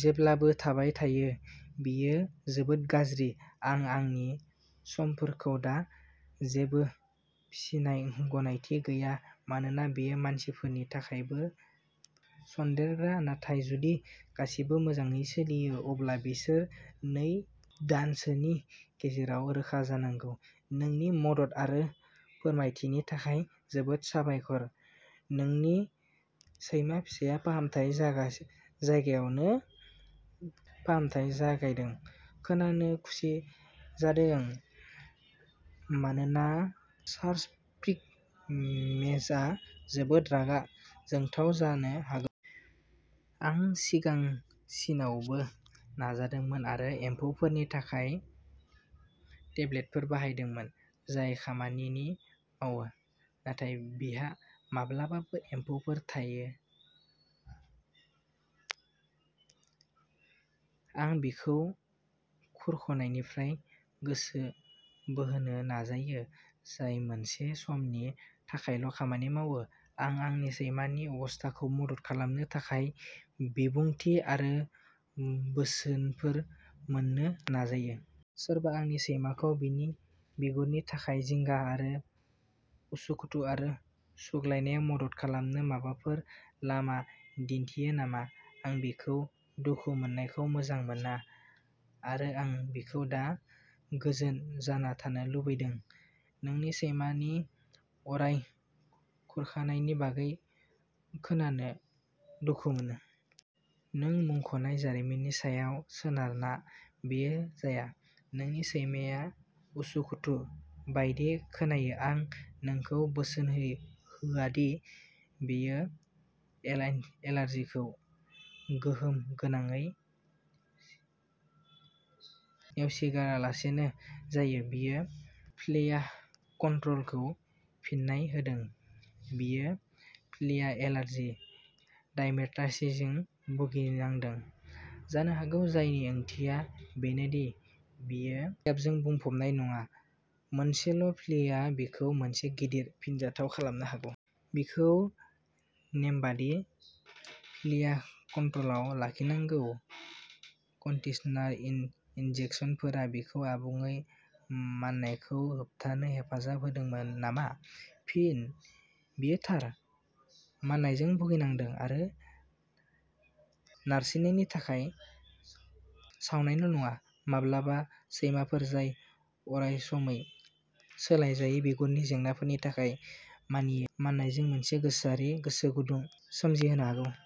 जेब्लाबो थाबाय थायो। बेयो जोबोद गाज्रि आं आंनि समफोरखौ दा जेबो फिसिनाय गनायथि गैया मानोना बेयो मानसिफोरनि थाखायबो सनदेरग्रा नाथाय जुदि गासिबो मोजाङै सोलियो अब्ला बिसोर नै दानसोनि गेजेराव रोखा जानांगौ। नोंनि मदद आरो फोरमायथिनि थाखाय जोबोद साबायखर नोंनि सैमा फिसाया फाहामथाय जागा जायगायावनो फाहामथाय जागायदों खोनानो खुसि जादों मानोना सार्क'प्टिक मेंजआ जोबोद रागा जोंथाव जानो हागौ। आं सिगांसिनावबो नाजादोंमोन आरो एम्फौफोरनि थाखाय टेबलेटफोर बाहायदोंमोन जाय खामानि मावो नाथाय बिहा माब्लाबासो एम्फौफोर थायो। आं बिखौ खुरख'नायनिफ्राय गोसो बोहोनो नाजायो जाय मोनसे समनि थाखायल' खामानि मावो। आं आंनि सैमानि अबस्थाखौ मदद खालामनो थाखाय बिबुंथि आरो बोसोनफोर मोन्नो नाजायो। सोरबा आंनि सैमाखौ बिनि बिगुरनि थाखाय जिंगा आरो उसुखुथु आरो सुग्लायनायाव मदद खालामनो माबाफोर लामा मिथियो नामा? आं बिखौ दुखु मोननायखौ मोजां मोना आरो आं बिखौ दा गोजोन जाना थानो लुबैदों। नोंनि सैमानि अराय खुरखानायनि बागै खोनानो दुखु मोनो। नों मुंख'नाय जारिमिननि सायाव सोनारना बेयो जाया। नोंनि सैमाया उसुखुथु बायदि खोनायो। आं नोंखौ बोसोन होयो होआदि बियो एलाय एलार्जिखौ गोहोम गोनाङै नेवसिगारालासेनो जायो। बियो फ्लिया कन्ट्र'लखौ फिन्नाय होदों बियो फ्लिया एलार्जि डार्मेटाइटिसजों भुगिनांदों जानो हागौ जायनि ओंथिया बेनोदि बियो फ्लियाजों बुंफबनाय नङा मोनसेल' फ्लियाआ बिखौ मोनसे गिदिर फिनजाथाय खालामनो हागौ। बिखौ नेमबादि फ्लिया कन्ट्र'लाव लाखिनांगौ। कर्टिसना इन इन्जेक्सनफोरा बिखौ आबुङै माननायखौ होबथानो हेफाजाब होदोंमोन नामा? फिन बियो थार माननायजों भुगिनांदों आरो नारसिननायनि थाखाय सावनायल' नङा। माब्लाबा सैमाफोर जाय अरायसमै सोलाइजायै बिगुरनि जेंनाफोरनि थाखाय मान मानियो माननायजों मोनसे गोसोआरि गोसो गुदुं सोमजिहोनो हागौ।